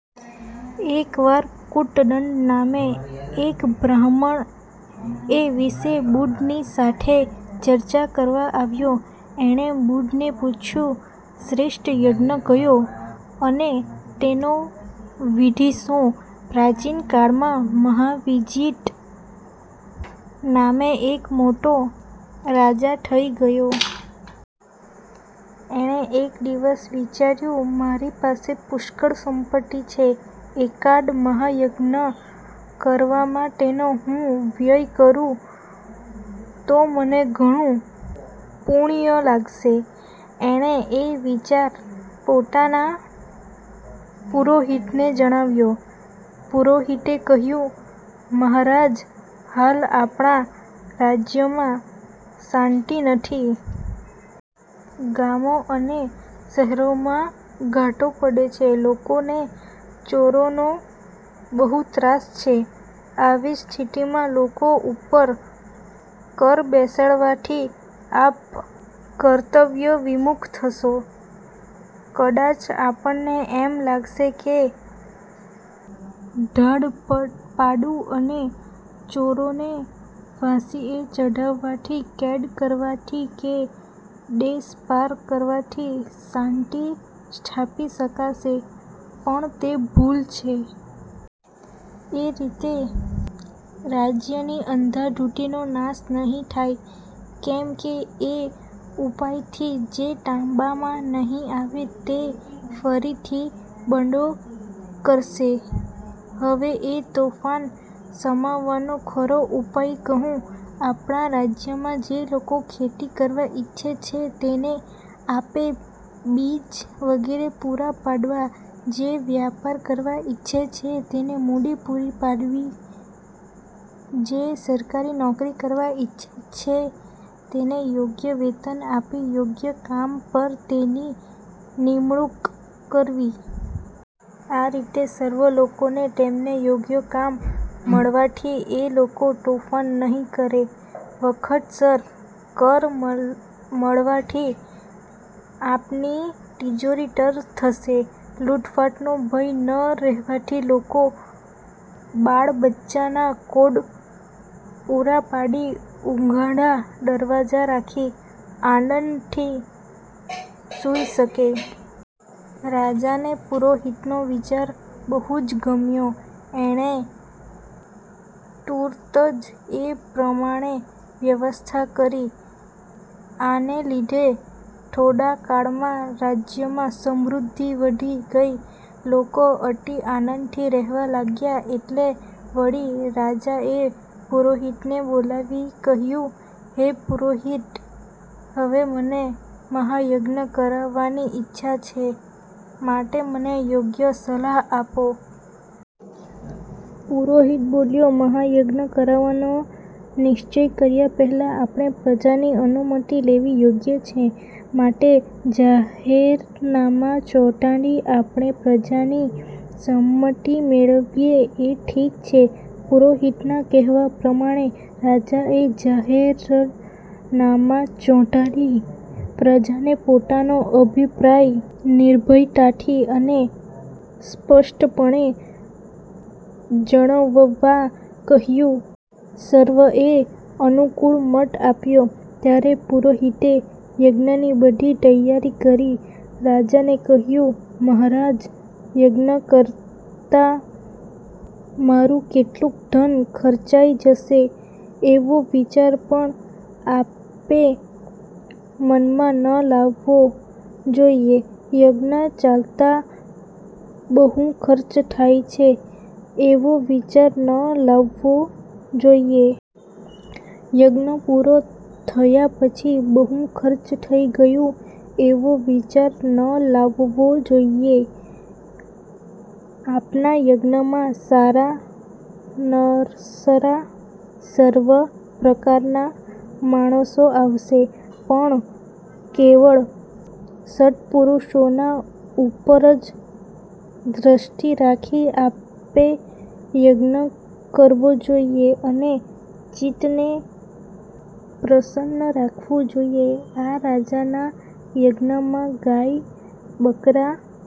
એક વાર કૂટદંત નામે એક બ્રાહ્મણ એ વિષે બુદ્ધની સાથે ચર્ચા કરવા આવ્યો. એણે બુદ્ધને પૂછ્યું, "શ્રેષ્ઠ યજ્ઞ કયો, અને તેનો વિધિ શો? " પ્રાચીન કાળમાં મહાવિજિત નામે એક મોટો રાજા થઇ ગયો. એણે એક દિવસ વિચાર્યું, 'મારી પાસે પુષ્કળ સંપત્તિ છે. એકાદ મહાયજ્ઞ કરવામાં તેનો હું વ્યય કરૂં તો મને ઘણું પુણ્ય લાગશે. ' એણે એ વિચાર પોતાના પુરોહિતને જણાવ્યો. પુરોહિતે કહ્યું, 'મહારાજ, હાલ આપણા રાજ્યમાં શાન્તિ નથી. ગામો અને શહેરોમાં ધાડો પડે છે; લોકોને ચોરોનો બહુ ત્રાસ છે. આવી સ્થિતિમાં લોકો ઉપર કર બેસાડવાથી આપ કર્તવ્ય વિમુખ થશો. કદાચ આપને એમ લાગશે કે ધાડપાડુ અને ચોરોને ફાંસીએ ચડાવવાથી, કેદ કરવાથી કે દેશપાર કરવાથી શાન્તિ સ્થાપી શકાશે; પણ તે ભૂલ છે. એ રીતે રાજ્યની અંધાધુંધીનો નાશ નહિ થાય; કેમકે એ ઉપાયથી જે તાબામાં નહિ આવે તે ફરીથી બંડો કરશે. હવે એ તોફાન શમાવવાનો ખરો ઉપાય કહું. આપણા રાજ્યમાં જે લોકો ખેતી કરવા ઇચ્છે છે તેને આપે બીજ વગેરે પૂરાં પાડવાં; જે વ્યાપાર કરવા ઇચ્છે છે તેને મુડી પૂરી પાડવી; જે સરકારી નોકરી કરવા ઇચ્છે છે તેને યોગ્ય વેતન આપી યોગ્ય કામ પર તેની નીમણુક કરવી. આવી રીતે સર્વ લોકોને તેમને યોગ્ય કામ મળવાથી એ લોકો તોફાન નહિ કરે. વખતસર કર મળવાથી આપની તીજોરી તર થશે. લૂંટફાટનો ભય ન રહેવાથી લોક બાળબચ્ચાંના કોડ પૂરા પાડી ઉઘાડા દરવાજા રાખી આનંદથી સુઇ શકશે. ' રાજાને પુરોહિતનો વિચાર બહુજ ગમ્યો. એણે તુર્તજ એ પ્રમાણે વ્યવસ્થા કરી. આને લીધે થોડા કાળમાં રાજ્યમાં સમૃદ્ધિ વધી ગઈ. લોકો અતિ આનંદથી રહેવા લાગ્યા. એટલે વળી રાજાએ પુરોહિતને બોલાવી કહ્યું, 'હે પુરોહિત, હવે મને મહાયજ્ઞ કરવાની ઇચ્છા છે, માટે મને યોગ્ય સલાહ આપો. ' પુરોહિત બોલ્યો, 'મહાયજ્ઞ કરવાનો નિશ્ચય કર્યા પહેલાં આપણે પ્રજાની અનુમતિ લેવી યોગ્ય છે. માટે જાહેરનામાં ચોંટાડી આપણે પ્રજાની સંમતિ મેળવીયે એ ઠીક છે. ' પુરોહિતના કહેવા પ્રમાણે રાજાએ જાહેરનામાં ચોંટાડી પ્રજાને પોતાનો અભિપ્રાય નિર્ભયતાથી અને સ્પષ્ટપણે જણવવા કહ્યું. સર્વેએ અનુકૂળ મત આપ્યો. ત્યારે પુરોહિતે યજ્ઞની બધી તૈયારી કરી રાજાને કહ્યું, 'મહારાજ યજ્ઞ કરતાં મારૂં કેટલું ધન ખર્ચાઈ જશે એવો વિચાર પણ આપે મનમાં ન લાવવો જોઇયે; યજ્ઞ ચાલતાં બહુ ખર્ચ થાય છે એવો વિચાર ન લાવવો જોઇયે. યજ્ઞ પૂરો થયા પછી બહુ ખર્ચ થઈ ગયું એવો વિચાર ન લાવવો જોઇયે. આપના યજ્ઞમાં સારા-નરસા સર્વે પ્રકારના માણસો આવશે, પણ કેવળ સત્પુરુષોના ઉપર જ દૃષ્ટિ રાખી આપે યજ્ઞ કરવો જોઇયે, અને ચિત્તને પ્રસન્ન રાખવું જોઇયે. ' આ રાજાના યજ્ઞમાં ગાય, બકરાં,